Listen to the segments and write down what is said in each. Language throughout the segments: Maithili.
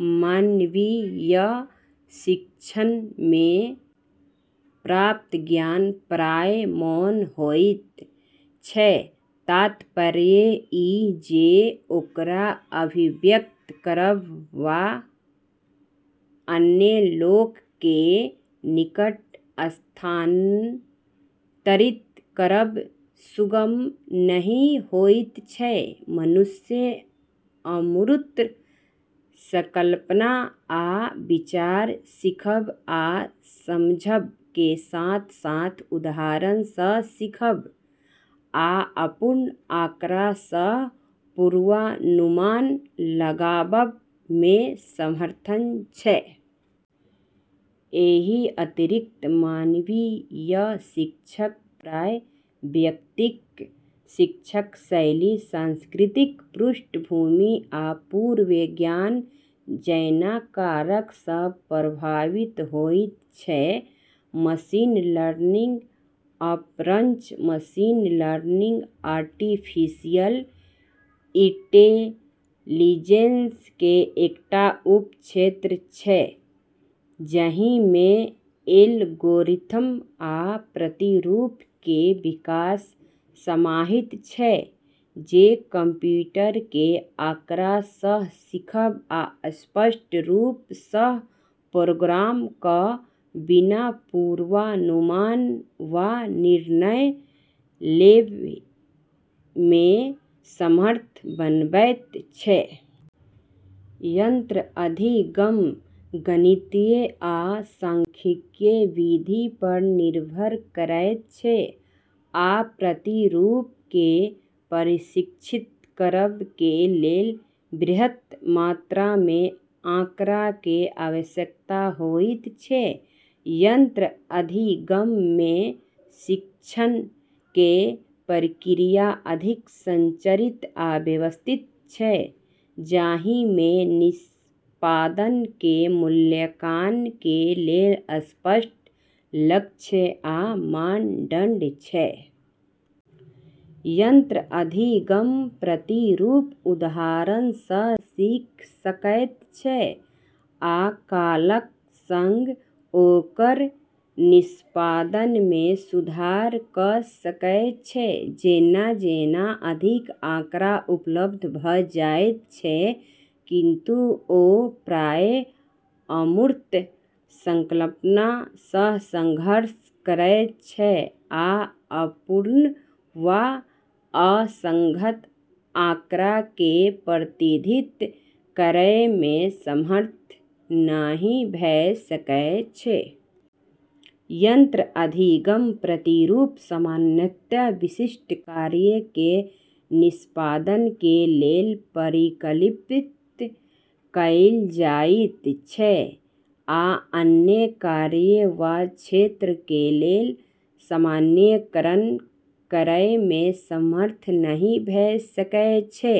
मानवीय शिक्षणमे प्राप्त ज्ञान प्रायः मौन होइत छै, तात्पर्य ई जे ओकरा अभिव्यक्त करब वा अन्य लोक के निकट स्थानांतरित करब सुगम नहि होइत छै। मनुष्य अमूर्त संकल्पना आ विचार सीखब आ समझब के साथ-साथ उदाहरण सँ सीखब आ अपूर्ण आँकड़ा सँ पूर्वानुमान लगाबब में समर्थ छै। एहि अतिरिक्त, मानवीय शिक्षण प्रायः वैयक्तिक शिक्षण शैली, सांस्कृतिक पृष्ठभूमि, आ पूर्व ज्ञान जैना कारक सँ प्रभावित होइत छै। मशीन लर्निंग: अपरंच, मशीन लर्निंग आर्टिफिशियल इंटेलिजेंस के एकटा उपक्षेत्र छै जहि में एल्गोरिथ्म आ प्रतिरूप के विकास समाहित छै जे कंप्यूटर के आँकड़ा सँ सीखब आ स्पष्ट रूप सँ प्रोग्राम क' बिना पूर्वानुमान वा निर्णय लेबयमे समर्थ बनबैत छै। यंत्र अधिगम गणितीय आ सांख्यिकीय विधि पर निर्भर करैत छै आ प्रतिरूप के प्रशिक्षित करब के लेल बृहत मात्रामे आँकड़ाके आवश्यकता होइत छै। यंत्र अधिगम में शिक्षण के प्रक्रिया अधिक संरचित आ व्यवस्थित छै, जाहिमे निष्पादन के मूल्यांकन के लेल स्पष्ट लक्ष्य आ मानदंड छै। यंत्र अधिगम प्रतिरूप उदाहरणसँ सीख सकैत छै आ कालक संग ओकर निष्पादनमे सुधार कऽ सकै छै जेना-जेना अधिक आँकड़ा उपलब्ध भऽ जाइत छै, किंतु ओ प्रायः अमूर्त संकल्पना सँ संघर्ष करैत छै आ अपूर्ण वा असंगत आँकड़ाकेँ प्रबंधित करयमे समर्थ नहि भऽ सकै छै। यंत्र अधिगम प्रतिरूप सामान्यतः विशिष्ट कार्य के निष्पादन के लेल परिकल्पित कएल जाइत छै आ अन्य कार्य वा क्षेत्र के लेल सामान्यीकरण करयमे समर्थ नहि भऽ सकै छै।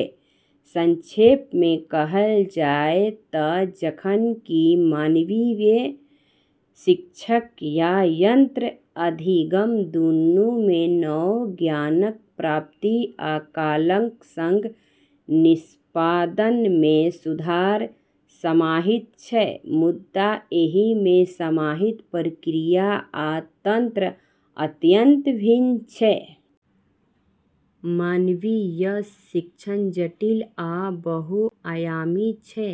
संक्षेप में कहल जाय तँ जखन कि मानवीय शिक्षण आ यंत्र अधिगम दुनू मे नव ज्ञानक प्राप्ति आ कालक संग निष्पादनमे सुधार समाहित छै, मुदा एहिमे समाहित प्रक्रिया आ तंत्र अत्यंत भिन्न छै। मानवीय शिक्षण जटिल आ बहुआयामी छै,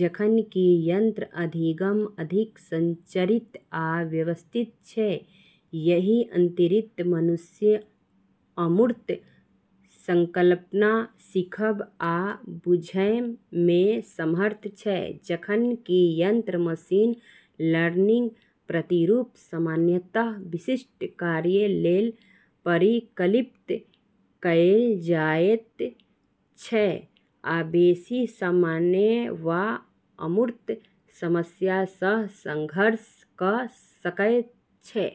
जखन कि यंत्र अधिगम अधिक संरचित आ व्यवस्थित छै। एहि अतिरिक्त, मनुष्य अमूर्त संकल्पना सीखब आ बुझयमे समर्थ छै, जखन कि यंत्र मशीन लर्निंग प्रतिरूप सामान्यतः विशिष्ट कार्य लेल परिकल्पित कएल जाइत छै आ बेशी सामान्य वा अमूर्त समस्यासँ संघर्ष कऽ सकैत छै।